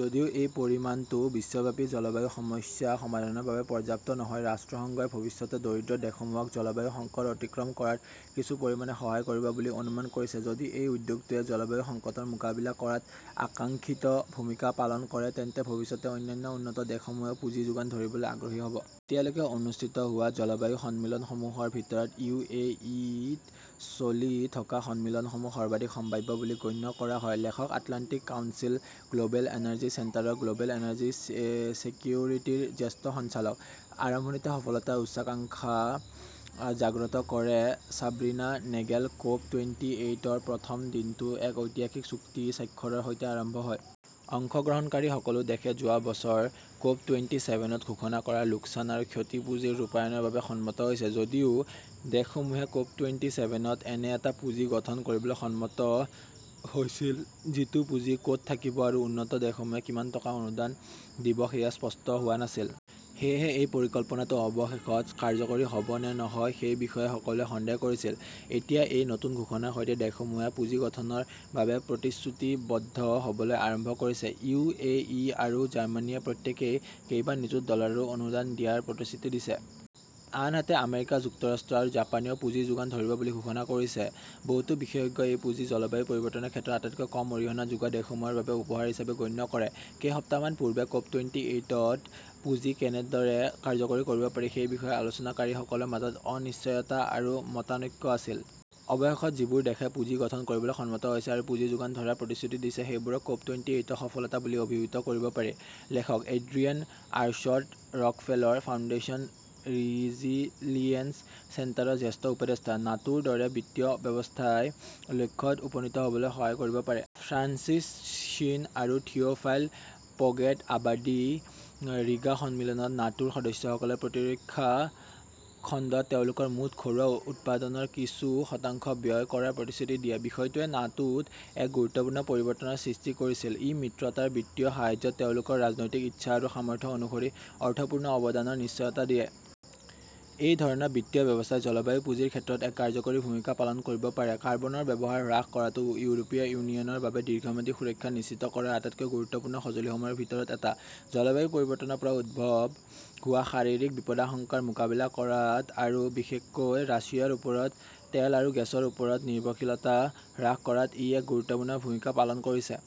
যদিও এই পৰিমাণটো বিশ্বব্যাপী জলবায়ু সমস্যা সমাধানৰ বাবে পৰ্যাপ্ত নহয়, ৰাষ্ট্ৰসংঘই ভৱিষ্যতে দৰিদ্ৰ দেশসমূহক জলবায়ু সংকট অতিক্ৰম কৰাত কিছু পৰিমাণে সহায় কৰিব বুলি অনুমান কৰিছে। যদি এই উদ্যোগটোৱে জলবায়ু সংকটৰ মোকাবিলা কৰাত আকাংক্ষিত ভূমিকা পালন কৰে, তেন্তে ভৱিষ্যতে অন্যান্য উন্নত দেশসমূহেও পুঁজি যোগান ধৰিবলৈ আগ্ৰহী হ 'ব। এতিয়ালৈকে অনুষ্ঠিত হোৱা জলবায়ু সন্মিলনসমূহৰ ভিতৰত ইউ. এ. ই. ত চলি থকা সন্মিলনসমূহ সৰ্বাধিক সম্ভাৱ্য বুলি গণ্য কৰা হয়। লেখকঃ আটলাণ্টিক কাউন্সিল গ্ল'বেল এনাৰ্জি চেণ্টাৰৰ গ্ল'বেল এনাৰ্জি ছেকিউৰিটিৰ জ্যেষ্ঠ সঞ্চালক। আৰম্ভণিতে সফলতাৰ উচ্চাকাংক্ষা জাগ্ৰত কৰে চাবৰিনা নেগেল ক'প টুৱেণ্টি এইটৰ প্ৰথম দিনটো এক ঐতিহাসিক চুক্তি স্বাক্ষৰৰ সৈতে আৰম্ভ হয়। অংশগ্ৰহণকাৰী সকলো দেশে যোৱা বছৰ ক'প টুৱেণ্টি চেভেনত ঘোষণা কৰা লোকচান আৰু ক্ষতি পুঁজিৰ ৰূপায়ণৰ বাবে সন্মত হৈছে। যদিও দেশসমূহে ক'প টুৱেণ্টি চেভেনত এনে এটা পুঁজি গঠন কৰিবলৈ সন্মত হৈছিল, যিটো পুঁজি ক'ত থাকিব আৰু উন্নত দেশসমূহে কিমান টকা অনুদান দিব, সেয়া স্পষ্ট হোৱা নাছিল। সেয়েহে এই পৰিকল্পনাটো অৱশেষত কাৰ্যকৰী হ'ব নে নহয় সেই বিষয়ে সকলোৱে সন্দেহ কৰিছিল। এতিয়া এই নতুন ঘোষণাৰ সৈতে, দেশসমূহে পুঁজি গঠনৰ বাবে প্ৰতিশ্ৰুতিবদ্ধ হ'বলৈ আৰম্ভ কৰিছে। ইউ এ ই আৰু জাৰ্মানীয়ে প্ৰত্যেকেই কেইবা নিযুত ডলাৰো অনুদান দিয়াৰ প্ৰতিশ্ৰুতি দিছে। আনহাতে আমেৰিকা যুক্তৰাষ্ট্ৰ আৰু জাপানেও পুঁজি যোগান ধৰিব বুলি ঘোষণা কৰিছে। বহুতো বিশেষজ্ঞই এই পুঁজি জলবায়ু পৰিৱৰ্তনৰ ক্ষেত্ৰত আটাইতকৈ কম অৰিহণা যোগোৱা দেশসমূহৰ বাবে উপহাৰ হিচাপে গণ্য কৰে। কেইসপ্তাহমান পূৰ্বে ক'প টুৱেণ্টি এইটত পুঁজি কেনেদৰে কাৰ্যকৰী কৰিব পাৰি সেই বিষয়ে আলোচনাকাৰীসকলৰ মাজত অনিশ্চয়তা আৰু মতানৈক্য আছিল। অৱশেষত যিবোৰ দেশে পুঁজি গঠন কৰিবলৈ সন্মত হৈছে আৰু পুঁজি যোগান ধৰাৰ প্ৰতিশ্ৰুতি দিছে, সেইবোৰক ক'প টুৱেণ্টি এইটৰ সফলতা বুলি অভিহিত কৰিব পাৰি। লেখকঃ এড্ৰিয়েন আৰশ্বট-ৰকফেলৰ ফাউণ্ডেশ্যন ৰিজিলিএন্স চেণ্টাৰৰ জ্যেষ্ঠ উপদেষ্টা। নাটোৰ দৰে বিত্তীয় ব্যৱস্থাই লক্ষ্যত উপনীত হ'বলৈ সহায় কৰিব পাৰে। ফ্ৰান্সিছ শ্বিন আৰু থিওফাইল পগেট-আবেদী ৰিগা সন্মিলনত নাটোৰ সদস্যসকলে প্ৰতিৰক্ষা খণ্ডত তেওঁলোকৰ মুঠ ঘৰুৱা উৎপাদনৰ কিছু শতাংশ ব্যয় কৰাৰ প্ৰতিশ্ৰুতি দিয়ে। বিষয়টোৱে নাটোত এক গুৰুত্বপূৰ্ণ পৰিৱৰ্তনৰ সৃষ্টি কৰিছিল। ই মিত্ৰতাৰ বিত্তীয় সাহায্যত তেওঁলোকৰ ৰাজনৈতিক ইচ্ছা আৰু সামৰ্থ্য অনুসৰি অৰ্থপূৰ্ণ অৱদানৰ নিশ্চয়তা দিয়ে। এই ধৰণৰ বিত্তীয় ব্যৱস্থাই জলবায়ু পুঁজিৰ ক্ষেত্ৰত এক কাৰ্যকৰী ভূমিকা পালন কৰিব পাৰে। কাৰ্বনৰ ব্যৱহাৰ হ্ৰাস কৰাটো ইউৰোপীয় ইউনিয়নৰ বাবে দীৰ্ঘম্যাদী সুৰক্ষা নিশ্চিত কৰাৰ আটাইতকৈ গুৰুত্বপূৰ্ণ সঁজুলিসমূহৰ ভিতৰত এটা। জলবায়ু পৰিৱৰ্তনৰ পৰা উদ্ভৱ হোৱা শাৰীৰিক বিপদাশংকাৰ মোকাবিলা কৰাত আৰু বিশেষকৈ ৰাছিয়াৰ ওপৰত তেল আৰু গেছৰ ওপৰত নিৰ্ভৰশীলতা হ্ৰাস কৰাত ই এক গুৰুত্বপূৰ্ণ ভূমিকা পালন কৰিছে।